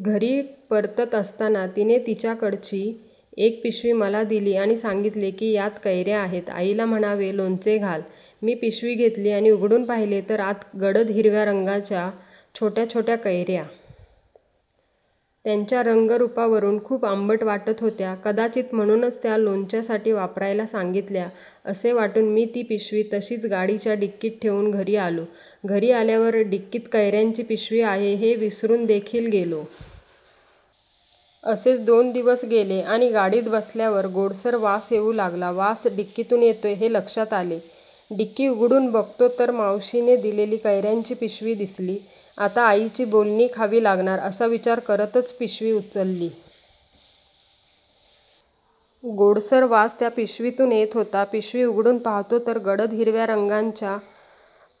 घरी परतत असताना तिने तिच्याकडची एक पिशवी मला दिली आणि सांगितले की यात कैऱ्या आहेत, आईला म्हणावे लोणचे घाल. मी पिशवी घेतली आणि उघडून पहिले तर आत गडद हिरव्या रंगाच्या छोट्या छोट्या कैऱ्या. त्यांच्या रंग-रूपावरून खूप आंबट वाटत होत्या. कदाचित म्हणूनच त्या लोणच्यासाठी वापरायला सांगितल्या असे वाटून मी ती पिशवी तशीच गाडीच्या डिकीत ठेउन घरी आलो. घरी आल्यावर डिकीत कैऱ्यांची पिशवी आहे हे विसरून देखील गेलो. असेच दोन दिवस गेले आणि गाडीत बसल्यावर गोडसर वास येऊ लागला. वास डिकीतून येतोय हे लक्षात आले. डिकी उघडून बघतो तर मावशीने दिलेली कैऱ्यांची पिशवी दिसली. आता आईची बोलणी खावी लागणार असा विचार करतच पिशवी उचलली. गोडसर वास त्या पिशवीतून येत होता. पिशवी उघडून पाहतो तर गडद हिरव्या रंगाच्या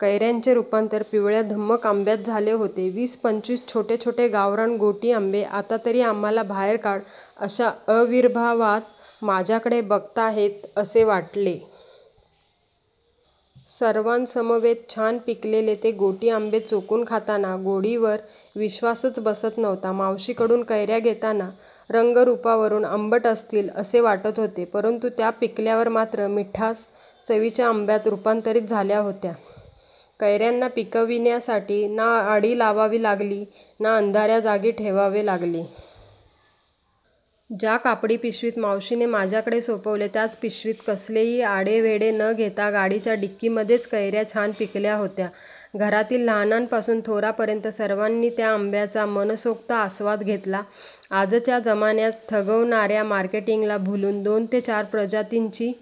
कैऱ्यांचे रुपांतर पिवळ्याधम्मक आंब्यात झाले होते. वीस-पंचवीस छोटे छोटे गावरान गोटी आंबे आतातरी आम्हाला बाहेर काढ अशा अविर्भावात माझ्याकडे बघताहेत असे वाटले. सर्वांसमवेत छान पिकलेले ते गोटी आंबे चोखून खाताना गोडीवर विश्वासच बसत नव्हता. मावशीकडून कैऱ्या घेताना रंग-रूपावरून आंबट असतील असे वाटत होते, परंतु त्या पिकल्यावर मात्र मिठ्ठास चवीच्या आंब्यात रुपांतरीत झाल्या होत्या. कैऱ्यांना पिकविण्यासाठी ना आढी लावावी लागली ना अंधाऱ्या जागी ठेवावे लागले. ज्या कापडी पिशवीत मावशीने माझ्याकडे सोपवले त्याच पिशवीत कसलेही आढेवेढे न घेता गाडीच्या डिकीमधेच कैऱ्या छान पिकल्या होत्या. घरातील लहानांपासून थोरांपर्यंत सर्वांनी त्या आंब्यांचा मनसोक्त आस्वाद घेतला. आजच्या जमान्यात ठगवणाऱ्या मार्केटिंगला भुलून, दोन ते चार प्रजातींची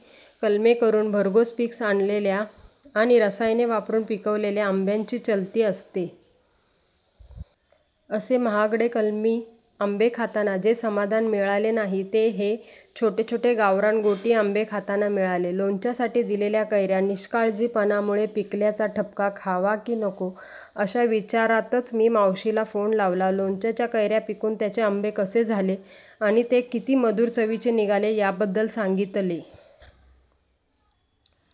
कलमे करून भरघोस पिक आणलेल्या आणि रसायने वापरून पिकवलेल्या आंब्यांची चलती असते. असे महागडे कलमी आंबे खाताना जे समाधान मिळाले नाही ते हे छोटे-छोटे गावरान गोटी आंबे खाताना मिळाले. लोणच्यासाठी दिलेल्या कैऱ्या निष्काळजीपणामुळे पिकल्याचा ठपका खावा कि नको अशा विचारातच मी मावशीला फोन लावला. लोणच्याच्या कैऱ्या पिकून त्यांचे आंबे कसे झाले आणि ते किती मधुर चवीचे निघाले याबद्दल सांगितले.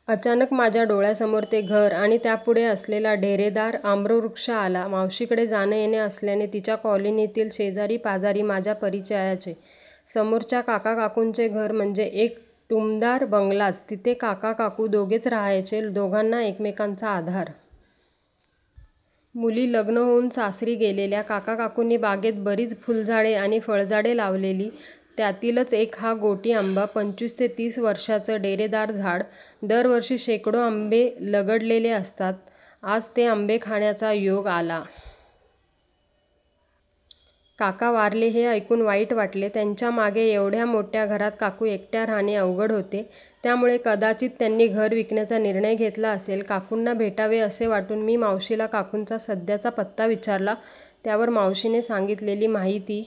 अचानक माझ्या डोळ्यासमोर ते घर आणि त्यापुढे असलेला डेरेदार आम्रवृक्ष आला. मावशीकडे जाणं-येणं असल्याने तिच्या कॉलनीतील शेजारी-पाजारी माझ्या परिचयाचे. समोरच्या काका-काकुंचे घर म्हणजे एक टुमदार बंगलाच. तिथे काका-काकू दोघेच राहायचे. दोघांना एकमेकांचा आधार. मुली लग्न होऊन सासरी गेलेल्या. काका-काकूंनी बागेत बरीच फुलझाडे आणि फळझाडे लावलेली. त्यातीलच एक हा गोटी आंबा. पंचवीस ते तीस वर्षांचं डेरेदार झाड. दरवर्षी शेकडो आंबे लगडलेले असतात. आज ते आंबे खाण्याचा योग आला. काका वारले हे ऐकून वाईट वाटले. त्यांच्या मागे एवढ्या मोठ्या घरात काकू एकट्या राहणे अवघड होते. त्यामुळे कदाचित त्यांनी घर विकण्याचा निर्णय घेतला असेल. काकूंना भेटावे असे वाटून मी मावशीला काकूंचा सध्याचा पत्ता विचारला, त्यावर मावशीने सांगितलेली माहिती.